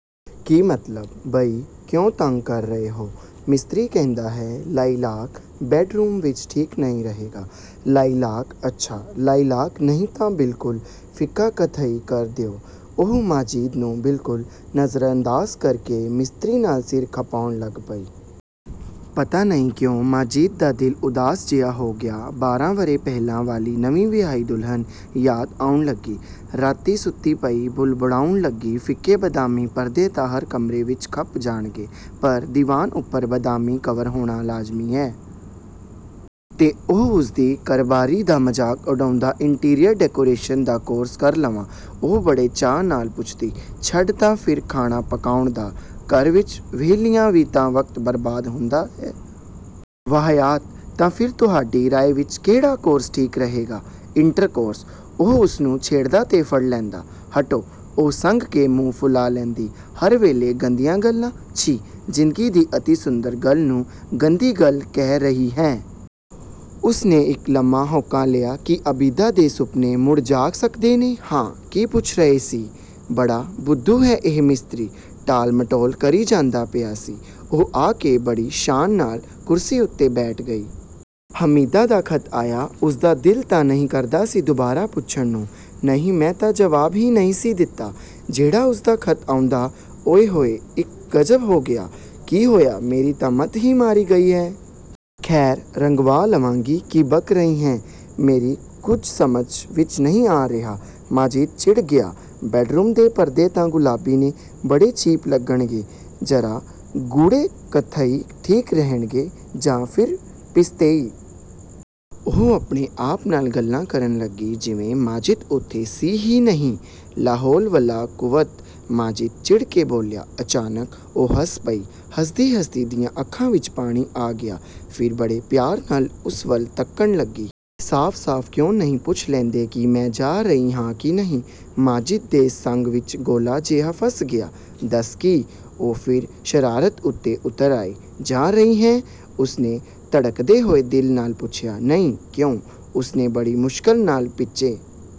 "ਕੀ ਮਤਲਬ?" "ਬਈ, ਕਿਉਂ ਤੰਗ ਕਰ ਰਹੇ ਹੋ? ਮਿਸਤਰੀ ਕਹਿੰਦਾ ਹੈ ਲਾਈਲਾਕ ਬੈੱਡ ਰੂਮ ਵਿੱਚ ਠੀਕ ਨਹੀਂ ਰਹੇਗਾ।" "ਲਾਈਲਾਕ?" "ਅੱਛਾ ਲਾਈਲਾਕ ਨਹੀਂ ਤਾਂ ਬਿਲਕੁਲ ਫਿੱਕਾ ਕਥਈ ਕਰ ਦਿਓ।" ਉਹ ਮਾਜਿਦ ਨੂੰ ਬਿਲਕੁਲ ਨਜ਼ਰਅੰਦਾਜ਼ ਕਰਕੇ ਮਿਸਤਰੀ ਨਾਲ ਸਿਰ ਖਪਾਉਣ ਲੱਗ ਪਈ। ਪਤਾ ਨਹੀਂ ਕਿਉਂ ਮਾਜਿਦ ਦਾ ਦਿਲ ਉਦਾਸ ਜਿਹਾ ਹੋ ਗਿਆ। ਬਾਰਾਂ ਵਰ੍ਹੇ ਪਹਿਲਾਂ ਵਾਲੀ ਨਵੀਂ ਵਿਆਹੀ ਦੁਲਹਨ ਯਾਦ ਆਉਣ ਲੱਗੀ। ਰਾਤੀਂ ਸੁੱਤੀ ਪਈ ਬੁੜਬੁੜਾਉਣ ਲੱਗਦੀ "ਫਿੱਕੇ ਬਦਾਮੀ ਪਰਦੇ ਤਾਂ ਹਰ ਕਮਰੇ ਵਿੱਚ ਖਪ ਜਾਣਗੇ, ਪਰ ਦੀਵਾਨ ਉੱਪਰ ਬਦਾਮੀ ਕਵਰ ਹੋਣਾ ਲਾਜ਼ਮੀ ਹੈ।" ਤੇ ਉਹ ਉਸਦੀ ਘਰਬਾਰੀ ਦਾ ਮਜ਼ਾਕ ਉਡਾਉਂਦਾ। "ਇੰਟੀਰੀਅਰ ਡੈਕੋਰੇਸ਼ਨ ਦਾ ਕੋਰਸ ਕਰ ਲਵਾਂ?" ਉਹ ਬੜੇ ਚਾਅ ਨਾਲ ਪੁੱਛਦੀ। "ਛੱਡ--" "ਤਾਂ ਫਿਰ ਖਾਣਾ ਪਕਾਉਣ ਦਾ? ਘਰ ਵਿੱਚ ਵਿਹਲਿਆਂ ਵੀ ਤਾਂ ਵਕਤ ਬਰਬਾਦ ਹੁੰਦਾ ਹੈ।" "ਵਾਹਯਾਤ!" "ਤਾਂ ਫਿਰ ਤੁਹਾਡੀ ਰਾਏ ਵਿੱਚ ਕਿਹੜਾ ਕੋਰਸ ਠੀਕ ਰਹੇਗਾ?" "ਇੰਟਰਕੋਰਸ।" ਉਹ ਉਸਨੂੰ ਛੇੜਦਾ ਤੇ ਫੜ੍ਹ ਲੈਂਦਾ। "ਹਟੋ!" ਉਹ ਸੰਗ ਕੇ ਮੂੰਹ ਫੁਲਾ ਲੈਂਦੀ, "ਹਰ ਵੇਲੇ ਗੰਦੀਆਂ ਗੱਲਾਂ। ਛੀ--" "ਜ਼ਿੰਦਗੀ ਦੀ ਅਤਿ ਸੁੰਦਰ ਗੱਲ ਨੂੰ, ਗੰਦੀ ਗੱਲ ਕਹਿ ਰਹੀ ਹੈਂ!" ਉਸਨੇ ਇੱਕ ਲੰਮਾ ਹਾਉਕਾ ਲਿਆ। ਕੀ ਆਬਿਦਾ ਦੇ ਸੁਪਨੇ ਮੁੜ ਜਾਗ ਸਕਦੇ ਨੇ? "ਹਾਂ ਕੀ ਪੁੱਛ ਰਹੇ ਸੀ? ਬੜਾ ਬੁੱਧੂ ਹੈ ਇਹ ਮਿਸਤਰੀ। ਟਾਲ-ਮਟੋਲ ਕਰੀ ਜਾਂਦਾ ਪਿਆ ਸੀ।" ਉਹ ਆ ਕੇ ਬੜੀ ਸ਼ਾਨ ਨਾਲ ਕੁਰਸੀ ਉੱਤੇ ਬੈਠ ਗਈ। "ਹਮੀਦਾ ਦਾ ਖ਼ਤ ਆਇਆ?" ਉਸਦਾ ਦਿਲ ਤਾਂ ਨਹੀਂ ਕਰਦਾ ਸੀ ਦੁਬਾਰਾ ਪੁੱਛਣ ਨੂੰ। "ਨਹੀਂ, ਮੈਂ ਜਵਾਬ ਹੀ ਨਹੀਂ ਸੀ ਦਿੱਤਾ, ਜਿਹੜਾ ਉਸਦਾ ਖ਼ਤ ਆਉਂਦਾ। ਉਇ-ਹੋਇ-- ਇੱਕ ਗ਼ਜ਼ਬ ਹੋ ਗਿਆ!" "ਕੀ ਹੋਇਆ?" "ਮੇਰੀ ਤਾਂ ਮੱਤ ਹੀ ਮਾਰੀ ਗਈ ਹੈ। ਖੈਰ, ਰੰਗਵਾ ਲਵਾਂਗੀ।" "ਕੀ ਬਕ ਰਹੀ ਹੈਂ, ਮੇਰੀ ਕੁਝ ਸਮਝ ਵਿੱਚ ਨਹੀਂ ਆ ਰਿਹਾ।" ਮਾਜਿਦ ਚਿੜ ਗਿਆ। "ਬੈੱਡ-ਰੂਮ ਦੇ ਪਰਦੇ ਤਾਂ ਗੁਲਾਬੀ ਨੇ। ਬੜੇ ਚੀਪ ਲੱਗਣਗੇ। ਜ਼ਰਾ ਗੂੜ੍ਹੇ ਕਥਈ ਠੀਕ ਰਹਿਣਗੇ ਜਾਂ ਫਿਰ ਪਿਸਤੇਈ।" ਉਹ ਆਪਣੇ ਆਪ ਨਾਲ ਗੱਲਾਂ ਕਰਨ ਲੱਗੀ, ਜਿਵੇਂ ਮਾਜਿਦ ਉੱਥੇ ਸੀ ਹੀ ਨਹੀਂ। "ਲਾਹੌਲ-ਵਲਾ-ਕੂਵੱਤ।" ਮਾਜਿਦ ਚਿੜ ਕੇ ਬੋਲਿਆ। ਅਚਾਨਕ ਉਹ ਹੱਸ ਪਈ। ਹੱਸਦੀ-ਹੱਸਦੀ ਦੀਆਂ ਅੱਖਾਂ ਵਿੱਚ ਪਾਣੀ ਆ ਗਿਆ। ਫਿਰ ਬੜੇ ਪਿਆਰ ਨਾਲ ਉਸ ਵੱਲ ਤੱਕਣ ਲੱਗੀ। "ਸਾਫ-ਸਾਫ ਕਿਉਂ ਨਹੀਂ ਪੁੱਛ ਲੈਂਦੇ ਕਿ ਮੈਂ ਜਾ ਰਹੀ ਹਾਂ ਕਿ ਨਹੀਂ?" ਮਾਜਿਦ ਦੇ ਸੰਘ ਵਿੱਚ ਗੋਲਾ ਜਿਹਾ ਫਸ ਗਿਆ। "ਦੱਸ--" "ਕੀ?" ਉਹ ਫਿਰ ਸ਼ਰਾਰਤ ਉੱਤੇ ਉਤਰ ਆਈ। "ਜਾ ਰਹੀ ਹੈਂ?" ਉਸਨੇ ਧੜਕਦੇ ਹੋਏ ਦਿਲ ਨਾਲ ਪੁੱਛਿਆ। "ਨਹੀਂ।" "ਕਿਉਂ?" ਉਸਨੇ ਬੜੀ ਮੁਸ਼ਕਲ ਨਾਲ ਭਿੰਚੇ।